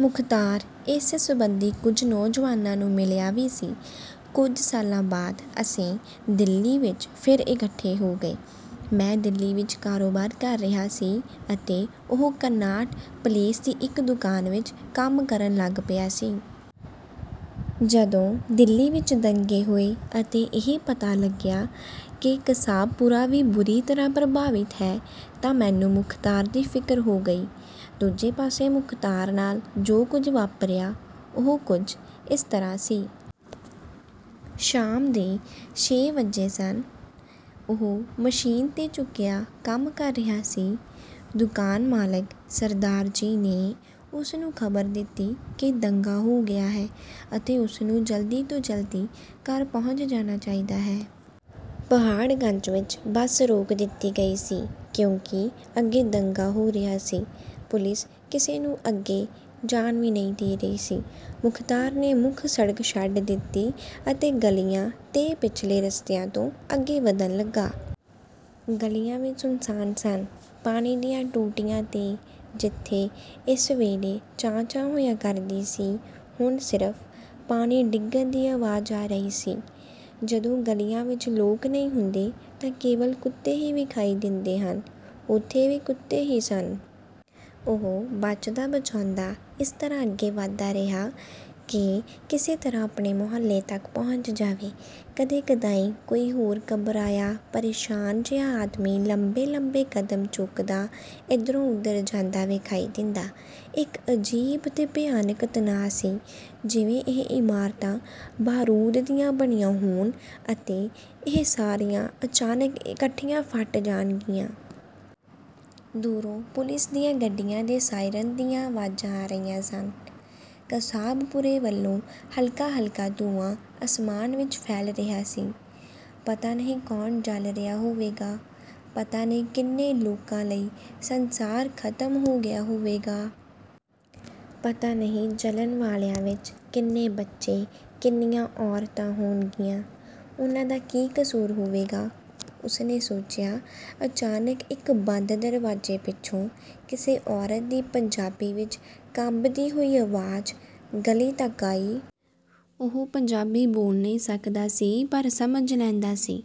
ਮੁਖ਼ਤਾਰ ਇਸ ਸਬੰਧੀ ਕੁਝ ਨੌਜਵਾਨਾਂ ਨੂੰ ਮਿਲਿਆ ਵੀ ਸੀ। ਕੁਝ ਸਾਲਾਂ ਬਾਅਦ ਅਸੀਂ ਦਿੱਲੀ ਵਿੱਚ ਫਿਰ ਇਕੱਠੇ ਹੋ ਗਏ। ਮੈਂ ਦਿੱਲੀ ਵਿੱਚ ਕਾਰੋਬਾਰ ਕਰ ਰਿਹਾ ਸੀ ਅਤੇ ਉਹ ਕਨਾਟ ਪਲੇਸ ਦੀ ਇੱਕ ਦੁਕਾਨ ਵਿੱਚ ਕੰਮ ਕਰਨ ਲੱਗ ਪਿਆ ਸੀ। ਜਦੋਂ ਦਿੱਲੀ ਵਿੱਚ ਦੰਗੇ ਹੋਏ ਅਤੇ ਇਹ ਪਤਾ ਲੱਗਿਆ ਕਿ ਕਸਾਬਪੁਰਾ ਵੀ ਬੁਰੀ ਤਰ੍ਹਾਂ ਪ੍ਰਭਾਵਿਤ ਹੈ ਤਾਂ ਮੈਨੂੰ ਮੁਖ਼ਤਾਰ ਦੀ ਫ਼ਿਕਰ ਹੋ ਗਈ। ਦੂਜੇ ਪਾਸੇ ਮੁਖ਼ਤਾਰ ਨਾਲ ਜੋ ਕੁਝ ਵਾਪਰਿਆ, ਉਹ ਕੁਝ ਇਸ ਤਰ੍ਹਾਂ ਸੀ। ਸ਼ਾਮ ਦੇ ਛੇ ਵੱਜੇ ਸਨ। ਉਹ ਮਸ਼ੀਨ 'ਤੇ ਝੁਕਿਆ ਕੰਮ ਕਰ ਰਿਹਾ ਸੀ। ਦੁਕਾਨ ਮਾਲਕ ਸਰਦਾਰ ਜੀ ਨੇ ਉਸ ਨੂੰ ਖ਼ਬਰ ਦਿੱਤੀ ਕਿ ਦੰਗਾ ਹੋ ਗਿਆ ਹੈ ਅਤੇ ਉਸ ਨੂੰ ਜਲਦੀ ਤੋਂ ਜਲਦੀ ਘਰ ਪਹੁੰਚ ਜਾਣਾ ਚਾਹੀਦਾ ਹੈ। ਪਹਾੜਗੰਜ ਵਿੱਚ ਬੱਸ ਰੋਕ ਦਿੱਤੀ ਗਈ ਸੀ ਕਿਉਂਕਿ ਅੱਗੇ ਦੰਗਾ ਹੋ ਰਿਹਾ ਸੀ। ਪੁਲਿਸ ਕਿਸੇ ਨੂੰ ਅੱਗੇ ਜਾਣ ਵੀ ਨਹੀਂ ਦੇ ਰਹੀ ਸੀ। ਮੁਖ਼ਤਾਰ ਨੇ ਮੁੱਖ ਸੜਕ ਛੱਡ ਦਿੱਤੀ ਅਤੇ ਗਲੀਆਂ ਤੇ ਪਿਛਲੇ ਰਸਤਿਆਂ ਤੋਂ ਅੱਗੇ ਵਧਣ ਲੱਗਾ। ਗਲੀਆਂ ਵੀ ਸੁੰਨਸਾਨ ਸਨ। ਪਾਣੀ ਦੀਆਂ ਟੂਟੀਆਂ 'ਤੇ, ਜਿੱਥੇ ਇਸ ਵੇਲੇ ਚਾਂ-ਚਾਂ ਹੋਇਆ ਕਰਦੀ ਸੀ, ਹੁਣ ਸਿਰਫ਼ ਪਾਣੀ ਡਿੱਗਣ ਦੀ ਆਵਾਜ਼ ਆ ਰਹੀ ਸੀ। ਜਦੋਂ ਗਲੀਆਂ ਵਿੱਚ ਲੋਕ ਨਹੀਂ ਹੁੰਦੇ ਤਾਂ ਕੇਵਲ ਕੁੱਤੇ ਹੀ ਵਿਖਾਈ ਦਿੰਦੇ ਹਨ, ਉੱਥੇ ਵੀ ਕੁੱਤੇ ਹੀ ਸਨ। ਉਹ ਬਚਦਾ-ਬਚਾਉਂਦਾ ਇਸ ਤਰ੍ਹਾਂ ਅੱਗੇ ਵਧਦਾ ਰਿਹਾ ਕਿ ਕਿਸੇ ਤਰ੍ਹਾਂ ਆਪਣੇ ਮੁਹੱਲੇ ਤੱਕ ਪਹੁੰਚ ਜਾਵੇ। ਕਦੇ-ਕਦਾਈਂ ਕੋਈ ਹੋਰ ਘਬਰਾਇਆ, ਪ੍ਰੇਸ਼ਾਨ ਜਿਹਾ ਆਦਮੀ ਲੰਬੇ-ਲੰਬੇ ਕਦਮ ਚੁੱਕਦਾ ਇੱਧਰੋਂ-ਉੱਧਰ ਜਾਂਦਾ ਵਿਖਾਈ ਦਿੰਦਾ। ਇੱਕ ਅਜੀਬ ਤੇ ਭਿਆਨਕ ਤਣਾਅ ਸੀ, ਜਿਵੇਂ ਇਹ ਇਮਾਰਤਾਂ ਬਾਰੂਦ ਦੀਆਂ ਬਣੀਆਂ ਹੋਣ ਅਤੇ ਇਹ ਸਾਰੀਆਂ ਅਚਾਨਕ ਇਕੱਠੀਆਂ ਫਟ ਜਾਣਗੀਆਂ। ਦੂਰੋਂ ਪੁਲਿਸ ਦੀਆਂ ਗੱਡੀਆਂ ਦੇ ਸਾਇਰਨ ਦੀਆਂ ਆਵਾਜ਼ਾਂ ਆ ਰਹੀਆਂ ਸਨ। ਕਸਾਬਪੁਰੇ ਵੱਲੋਂ ਹਲਕਾ-ਹਲਕਾ ਧੂੰਆਂ ਅਸਮਾਨ ਵਿੱਚ ਫੈਲ ਰਿਹਾ ਸੀ। 'ਪਤਾ ਨਹੀਂ ਕੌਣ ਜਲ ਰਿਹਾ ਹੋਵੇਗਾ, ਪਤਾ ਨਹੀਂ ਕਿੰਨੇ ਲੋਕਾਂ ਲਈ ਸੰਸਾਰ ਖ਼ਤਮ ਹੋ ਗਿਆ ਹੋਵੇਗਾ! ਪਤਾ ਨਹੀਂ ਜਲਣ ਵਾਲਿਆਂ ਵਿੱਚ ਕਿੰਨੇ ਬੱਚੇ, ਕਿੰਨੀਆਂ ਔਰਤਾਂ ਹੋਣਗੀਆਂ! ਉਹਨਾਂ ਦਾ ਕੀ ਕਸੂਰ ਹੋਵੇਗਾ?' ਉਸ ਨੇ ਸੋਚਿਆ। ਅਚਾਨਕ ਇੱਕ ਬੰਦ ਦਰਵਾਜ਼ੇ ਪਿੱਛੋਂ ਕਿਸੇ ਔਰਤ ਦੀ ਪੰਜਾਬੀ ਵਿੱਚ ਕੰਬਦੀ ਹੋਈ ਆਵਾਜ਼ ਗਲੀ ਤੱਕ ਆਈ। ਉਹ ਪੰਜਾਬੀ ਬੋਲ ਨਹੀਂ ਸਕਦਾ ਸੀ, ਪਰ ਸਮਝ ਲੈਂਦਾ ਸੀ।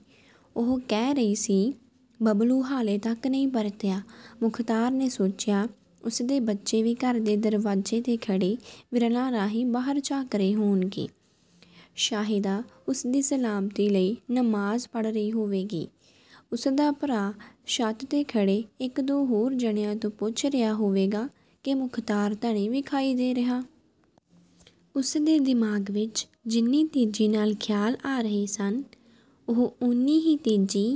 ਉਹ ਕਹਿ ਰਹੀ ਸੀ, "ਬਬਲੂ ਹਾਲੇ ਤੱਕ ਨਹੀਂ ਪਰਤਿਆ।" ਮੁਖ਼ਤਾਰ ਨੇ ਸੋਚਿਆ, ਉਸ ਦੇ ਬੱਚੇ ਵੀ ਘਰ ਦੇ ਦਰਵਾਜ਼ੇ 'ਤੇ ਖੜ੍ਹੇ ਵਿਰਲਾਂ ਰਾਹੀਂ ਬਾਹਰ ਝਾਕ ਰਹੇ ਹੋਣਗੇ, ਸ਼ਾਹਿਦਾ ਉਸ ਦੀ ਸਲਾਮਤੀ ਲਈ ਨਮਾਜ਼ ਪੜ੍ਹ ਰਹੀ ਹੋਵੇਗੀ, ਉਸ ਦਾ ਭਰਾ ਛੱਤ 'ਤੇ ਖੜ੍ਹੇ ਇੱਕ-ਦੋ ਹੋਰ ਜਣਿਆਂ ਤੋਂ ਪੁੱਛ ਰਿਹਾ ਹੋਵੇਗਾ ਕਿ ਮੁਖ਼ਤਾਰ ਤਾਂ ਨਹੀਂ ਵਿਖਾਈ ਦੇ ਰਿਹਾ। ਉਸ ਦੇ ਦਿਮਾਗ਼ ਵਿੱਚ ਜਿੰਨੀ ਤੇਜ਼ੀ ਨਾਲ ਖ਼ਿਆਲ ਆ ਰਹੇ ਸਨ, ਉਹ ਉੰਨੀ ਹੀ ਤੇਜ਼ੀ